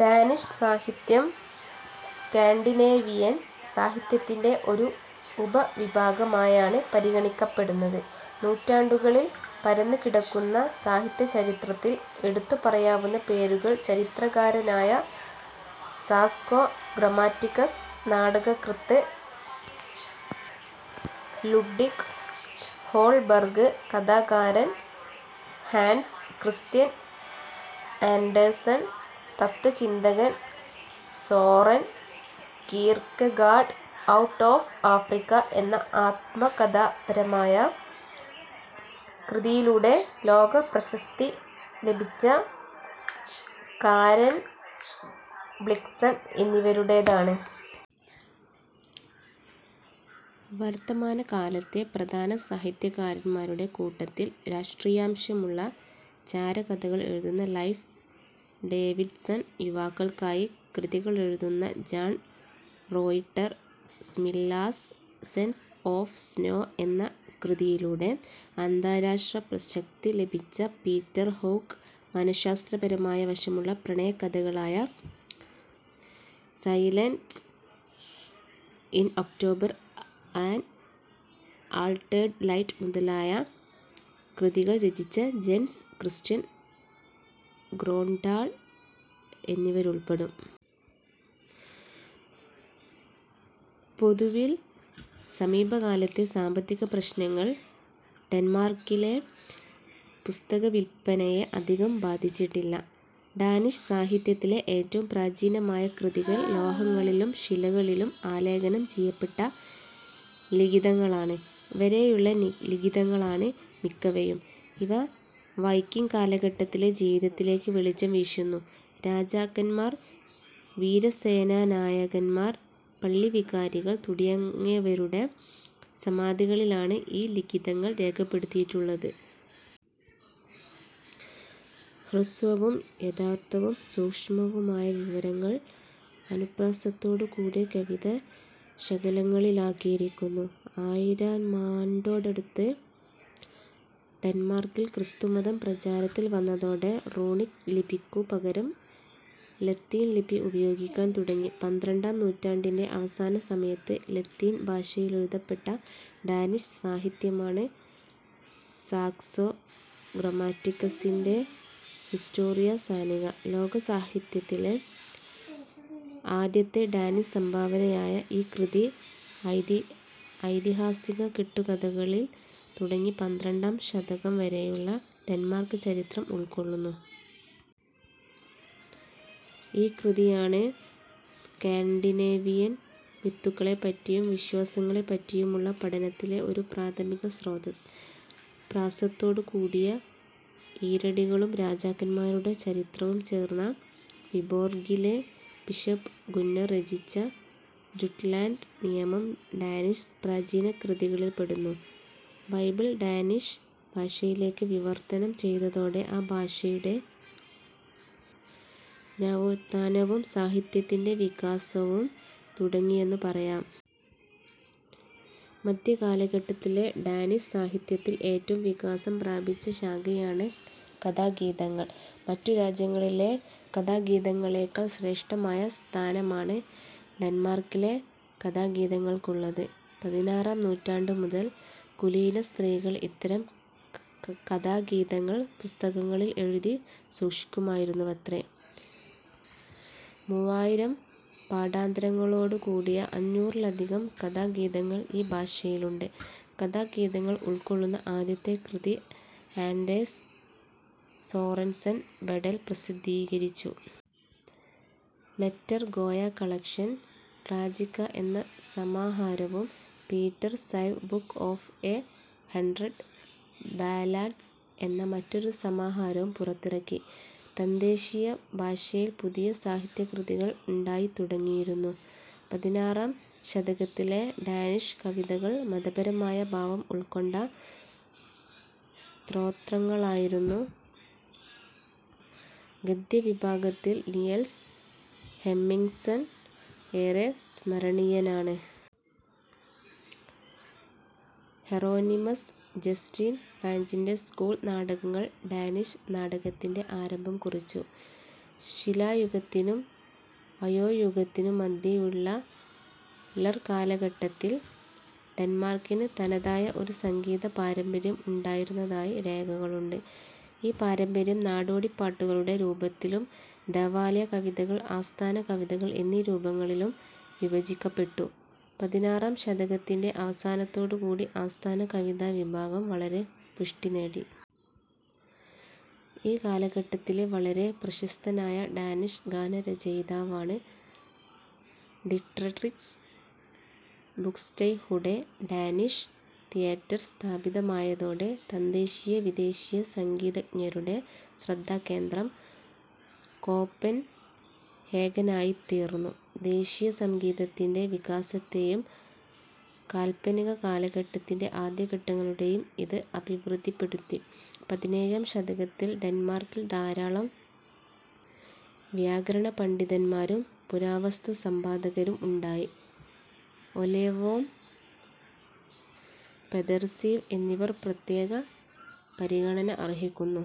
Danish സാഹിത്യം Scandinavian സാഹിത്യത്തിൻ്റെ ഒരു ഉപവിഭാഗമായാണ് പരിഗണിക്കപ്പെടുന്നത്. നൂറ്റാണ്ടുകളിൽ പരന്നുകിടക്കുന്ന സാഹിത്യചരിത്രത്തിൽ എടുത്തു പറയാവുന്ന പേരുകൾ ചരിത്രകാരനായ സാക്സോ ഗ്രമാറ്റിക്കസ്, നാടകകൃത്ത് ലുഡ്വിഗ് ഹോൾബർഗ്, കഥാകാരൻ ഹാൻസ് ക്രിസ്ത്യൻ ആൻഡേഴ്സൺ, തത്ത്വചിന്തകൻ Soren Kierkegaard, out of Africa എന്ന ആത്മകഥാപരമായ കൃതിയിലൂടെ ലോകപ്രശസ്തി ലഭിച്ച കാരെൻ ബ്ലിക്സൺ എന്നിവരുടേതാണ്. വർത്തമാനകാലത്തെ പ്രധാന സാഹിത്യകാരന്മാരുടെ കൂട്ടത്തിൽ രാഷ്ട്രീയാംശമുള്ള ചാരകഥകൾ എഴുതുന്ന ലൈഫ് ഡേവിഡ്സൺ, യുവാക്കൾക്കായി കൃതികളെഴുതുന്ന John Reuter, Smilla's sense of snow എന്ന കൃതിയിലൂടെ അന്താരാഷ്ട്രപ്രശസ്തി ലഭിച്ച പീറ്റർ ഹോഗ്, മനഃശാസ്ത്രപരമായ വശമുള്ള പ്രണയകഥകളായ silence in October, an altered light മുതലായ കൃതികൾ രചിച്ച ജെൻസ് ക്രിസ്റ്റ്യൻ ഗ്രോണ്ഡാൽ എന്നിവരുൾപ്പെടും. പൊതുവിൽ സമീപകാലത്തെ സാമ്പത്തിക പ്രശ്നങ്ങൾ ഡെന്മാർക്കിലെ പുസ്തകവിൽപ്പനയെ അധികം ബാധിച്ചിട്ടില്ല. ഡാനിഷ് സാഹിത്യത്തിലെ ഏറ്റവും പ്രാചീനമായ കൃതികൾ ലോഹങ്ങളിലും ശിലകളിലും ആലേഖനം ചെയ്യപ്പെട്ട ലിഖിതങ്ങളാണ്. വരെയുള്ള ലിഖിതങ്ങളാണ് മിക്കവയും. ഇവ വൈക്കിങ് കാലഘട്ടത്തിലെ ജീവിതത്തിലേക്ക് വെളിച്ചം വീശുന്നു. രാജാക്കന്മാർ, വീരസേനാനായകന്മാർ, പള്ളിവികാരികൾ തുടങ്ങിയവരുടെ സമാധികളിലാണ് ഈ ലിഖിതങ്ങൾ രേഖപ്പെടുത്തിയിട്ടുള്ളത്. ഹ്രസ്വവും യഥാർഥവും സൂക്ഷ്മവുമായ വിവരങ്ങൾ അനുപ്രാസത്തോടുകൂടിയ കവിതാ ശകലങ്ങളിലാക്കിയിരിക്കുന്നു. ആയിരാമാണ്ടോടടുത്ത് ഡെന്മാർക്കിൽ ക്രിസ്തുമതം പ്രചാരത്തിൽ വന്നതോടെ റൂണിക് ലിപിക്കു പകരം ലത്തീൻ ലിപി ഉപയോഗിക്കാൻ തുടങ്ങി. പന്ത്രണ്ടാം നൂറ്റാണ്ടിൻ്റെ അവസാനസമയത്ത് ലത്തീൻ ഭാഷയിലെഴുതപ്പെട്ട ഡാനിഷ് സാഹിത്യമാണ്, സാക്സോ ഗ്രമാറ്റിക്കസിൻ്റെ ഹിസ്റ്റോറിയ സാനിക. ലോകസാഹിത്യത്തിലെ ആദ്യത്തെ ഡാനിഷ് സംഭാവനയായ ഈ കൃതി ഐതിഹാസിക കെട്ടുകഥകളിൽ തുടങ്ങി പന്ത്രണ്ടാം ശതകം വരെയുള്ള ഡെന്മാർക്ക് ചരിത്രം ഉൾക്കൊള്ളുന്നു. ഈ കൃതിയാണ് സ്കാൻഡിനേവിയൻ മിത്തുകളെപ്പറ്റിയും വിശ്വാസങ്ങളെപ്പറ്റിയുമുള്ള പഠനത്തിലെ ഒരു പ്രാഥമിക സ്രോതസ്സ്. പ്രാസത്തോടു കൂടിയ ഈരടികളും രാജാക്കന്മാരുടെ ചരിത്രവും ചേർന്ന വിബോർഗിലെ ബിഷപ്പ് ഗുന്നർ രചിച്ച ജുട്ട്ലാൻഡ് നിയമം ഡാനിഷ് പ്രാചീന കൃതികളിൽപ്പെടുന്നു. ബൈബിൾ ഡാനിഷ് ഭാഷയിലേക്ക് വിവർത്തനം ചെയ്തതോടെ ആ ഭാഷയുടെ നവോത്ഥാനവും സാഹിത്യത്തിൻ്റെ വികാസവും തുടങ്ങിയെന്നു പറയാം. മദ്ധ്യകാലഘട്ടത്തിലെ ഡാനിഷ് സാഹിത്യത്തിൽ ഏറ്റവും വികാസം പ്രാപിച്ച ശാഖയാണ് കഥാഗീതങ്ങൾ. മറ്റു രാജ്യങ്ങളിലെ കഥാഗീതങ്ങളെക്കാൾ ശ്രേഷ്ഠമായ സ്ഥാനമാണ് ഡെന്മാർക്കിലെ കഥാഗീതങ്ങൾക്കുള്ളത്. പതിനാറാം നൂറ്റാണ്ടു മുതൽ കുലീന സ്ത്രീകൾ ഇത്തരം കഥാഗീതങ്ങൾ പുസ്തകങ്ങളിൽ എഴുതി സൂക്ഷിക്കുമായിരുന്നുവത്രേ. മൂവായിരം പാഠാന്തരങ്ങളോടു കൂടിയ അഞ്ഞൂറിലധികം കഥാഗീതങ്ങൾ ഈ ഭാഷയിലുണ്ട്. കഥാഗീതങ്ങൾ ഉൾക്കൊള്ളുന്ന ആദ്യത്തെ കൃതി ആൻഡേഴ്സ് സോറൻസൻ വെഡൽ പ്രസിദ്ധീകരിച്ചു. മെറ്റെർ ഗോയ കളക്ഷൻ ട്രാജിക്ക എന്ന സമാഹാരവും Peter Syv book of a hundred ballads എന്ന മറ്റൊരു സമാഹാരവും പുറത്തിറക്കി. തദ്ദേശീയ ഭാഷയിൽ പുതിയ സാഹിത്യകൃതികൾ ഉണ്ടായിത്തുടങ്ങിയിരുന്നു. പതിനാറാം ശതകത്തിലെ ഡാനിഷ് കവിതകൾ മതപരമായ ഭാവം ഉൾക്കൊണ്ട സ്തോത്രങ്ങളായിരുന്നു. ഗദ്യവിഭാഗത്തിൽ നിയൽസ് ഹെമ്മിങ്സൺ ഏറെ സ്മരണീയനാണ്. ഹെറോനിമസ് ജസ്റ്റീൻ റാഞ്ചിൻ്റെ സ്കൂൾ നാടകങ്ങൾ ഡാനിഷ് നാടകത്തിൻ്റെ ആരംഭം കുറിച്ചു. ശിലായുഗത്തിനും അയോയുഗത്തിനും മധ്യേയുള്ള ലർ കാലഘട്ടത്തിൽ ഡെന്മാർക്കിന് തനതായ ഒരു സംഗീത പാരമ്പര്യം ഉണ്ടായിരുന്നതായി രേഖകളുണ്ട്. ഈ പാരമ്പര്യം നാടോടിപ്പാട്ടുകളുടെ രൂപത്തിലും ദേവാലയ കവിതകൾ, ആസ്ഥാന കവിതകൾ എന്നീ രൂപങ്ങളിലും വിഭജിക്കപ്പെട്ടു. പതിനാറാം ശതകത്തിൻ്റെ അവസാനത്തോടു കൂടി ആസ്ഥാന കവിതാ വിഭാഗം വളരെ പുഷ്ടി നേടി. ഈ കാലഘട്ടത്തിലെ വളരെ പ്രശസ്തനായ ഡാനിഷ് ഗാനരചയിതാവാണ് ഡിട്രറിച്ച് ബുക്സ്റ്റെഹുഡെ. ഡാനിഷ് തിയേറ്റർ സ്ഥാപിതമായതോടെ തദ്ദേശീയ വിദേശീയ സംഗീതജ്ഞരുടെ ശ്രദ്ധാകേന്ദ്രം കോപ്പൻഹേഗനായിത്തീർന്നു. ദേശീയ സംഗീതത്തിൻ്റെ വികാസത്തേയും കാൽപ്പനിക കാലഘട്ടത്തിൻ്റെ ആദ്യഘട്ടങ്ങളേയും ഇത് അഭിവൃദ്ധിപ്പെടുത്തി. പതിനേഴാം ശതകത്തിൽ ഡെന്മാർക്കിൽ ധാരാളം വ്യാകരണപണ്ഡിതന്മാരും പുരാവസ്തു സമ്പാദകരും ഉണ്ടായി. ഒലെവോം, പെദർസീവ് എന്നിവർ പ്രത്യേക പരിഗണന അർഹിക്കുന്നു.